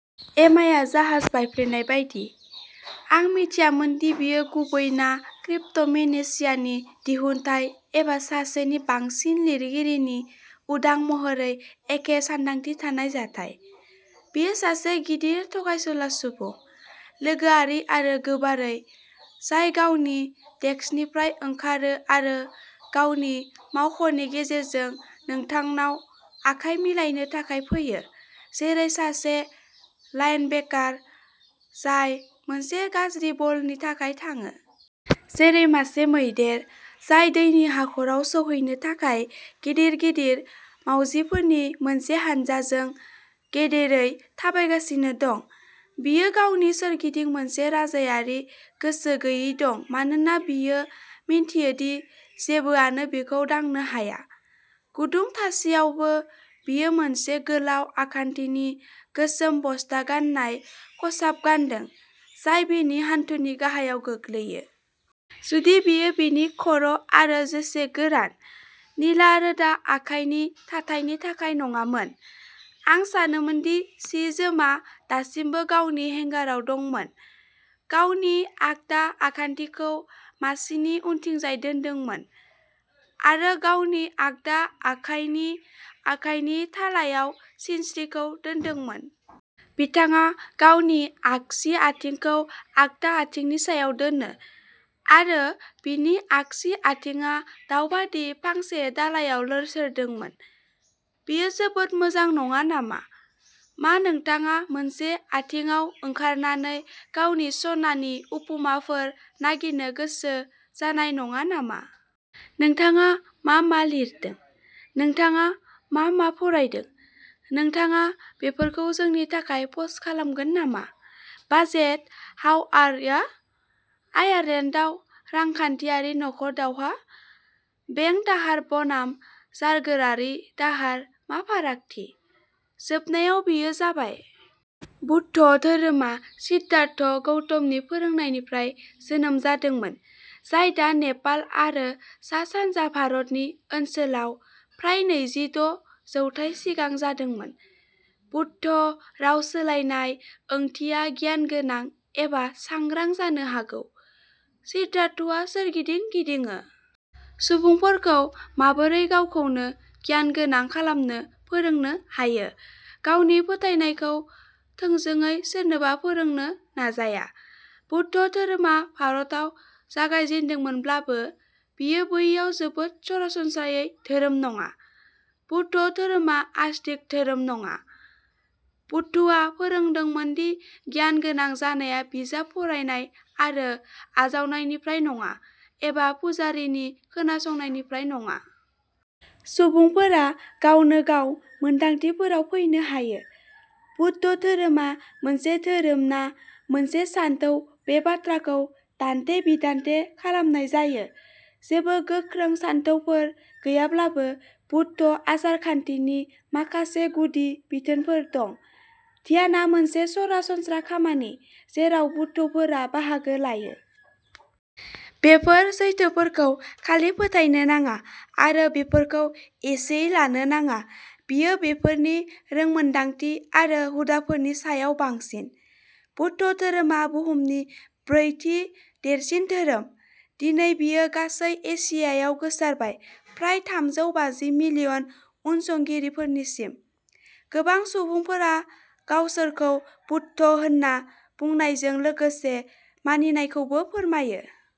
एमाया जाहाज बायफ्लेनाय बायदि, आं मिथियामोन दि बेयो गुबै ना क्रिप्ट'मेनेसियानि दिहुनथाइ एबा सासेनि बांसिन लिरगिरिनि उदां महरै एखे सानदांथि थानाय जाथाय। बियो सासे गिदिर, थगायसुला सुबुं, लोगोआरि आरो गोबारै, जाय गावनि डेस्कनिफ्राय ओंखारो आरो गावनि मावख'नि गेजेरजों नोंथांनाव आखाय मिलायनो थाखाय फैयो, जेरै सासे लाइनबेकार, जाय मोनसे गाज्रि बलनि थाखाय थाङो। जेरै मासे मैदेर, जाय दैनि हाखराव सौहैनो थाखाय गिदिर गिदिर मावजिफोरनि मोनसे हानजाजों गेदेरै थाबायगासिनो दं, बियो गावनि सोरगिदिं मोनसे राजायारि गोसो गैयै दं मानोना बियो मिन्थियो दि जेबोआनो बिखौ दांनो हाया। गुदुं थासेयावबो, बियो मोनसे गोलाव आखान्थिनि गोसोम बस्ता गाननाय खसाब गानदों, जाय बिनि हान्थुनि गाहायाव गोग्लैयो। जुदि बेयो बिनि खर' आरो जोसे गोरान, निला रोदा आखाइनि थाथायनि थाखाय नङामोन, आं सानोमोन दि सि जोमआ दासिमबो गावनि हेंगाराव दंमोन। गावनि आगदा आखान्थिखौ मासिनि उनथिंजाय दोनदोंमोन, आरो गावनि आगदा आखाइनि आखाइनि थालायाव सिनस्रिखौ दोनदोंमोन। बिथाङा गावनि आगसि आथिंखौ आगदा आथिंनि सायाव दोनो, आरो बिनि आगसि आथिंआ दाउबादि फांसे दालाइआव लोरसोरदोंमोन। बेयो जोबोद मोजां नङा नामा? मा नोंथाङा मोनसे आथिंआव ओंखारनानै गावनि सनानि उपमाफोर नागिरनो गोसो जानाय नङा नामा? नोंथाङा मा मा लिरदों? नोंथाङा मा मा फरायदों? नोंथाङा बेफोरखौ जोंनि थाखाय पस्ट खालामगोन नामा? बाजेट, हाउ आर या? आयारलेन्डआव "रांखान्थियारि नखर दावहा"? बेंक दाहार बनाम जारगोरानि दाहारः मा फारागथि? जोबनायाव, बेयो जाबाय! बौद्ध धोरोमा सिद्धार्थ गौतमनि फोरोंनायनिफ्राय जोनोम जादोंमोन, जाय दा नेपाल आरो सा सानजा भारतनि ओनसोलाव, फ्राय नैजि द' जौथाय सिगां जादोंमोन। बुद्ध, राव सोलायनायाव, ओंथिया "गियानगोनां" एबा "सांग्रां" जानो हागौ। सिद्धार्थआ सोरगिदिं गिदिङो। सुबुंफोरखौ माबोरै गावखौनो गियानगोनां खालामनो फोरोंनो हायो, गावनि फोथायनायखौ थोंजोङै सोरनोबो फोरोंनो नाजाया। बौद्ध धोरोमा भारताव जागायजेन्दोंमोनब्लाबो, बेयो बैयाव जोबोद सरासनस्रा धोरोम नङा। बौद्ध धोरोमा आस्तिक धोरोम नङा। बुद्धआ फोरोंदोंमोन दि गियानगोनां जानाया बिजाब फरायनाय आरो आजावनायनिफ्राय नङा, एबा पुजारीनि खोनासंनायनिफ्राय नङा। सुबुंफोरा गावनो गाव मोनदांथिफोराव फैनो हायो। बौद्ध धोरोमा मोनसे धोरोम ना मोनसे सानथौ बे बाथ्राखौ दान्थे बिदान्थे खालामनाय जायो। जेबो गोख्रों सानथौफोर गैयाब्लाबो बौद्ध आसारखान्थिनि माखासे गुदि बिथोनफोर दं। ध्यानआ मोनसे सरासनस्रा खामानि जेराव बौद्धफोरा बाहागो लायो। बेफोर सैथोफोरखौ खालि फोथायनो नाङा आरो बेफोरखौ एसेयै लानो नाङा। बेयो बेफोरनि रोंमोनदांथि आरो हुदाफोरनि सायाव बांसिन। बौद्ध धोरोमा बुहुमनि ब्रैथि देरसिन धोरोम। दिनै बेयो गासै एसियायाव गोसारबाय, फ्राय थामजौ बाजि मिलियन उनसंगिरिफोरसिम। गोबां सुबुंफोरा गावसोरखौ बौद्ध होन्ना बुंनायजों लोगोसे मानिनायखौबो फोरमायो।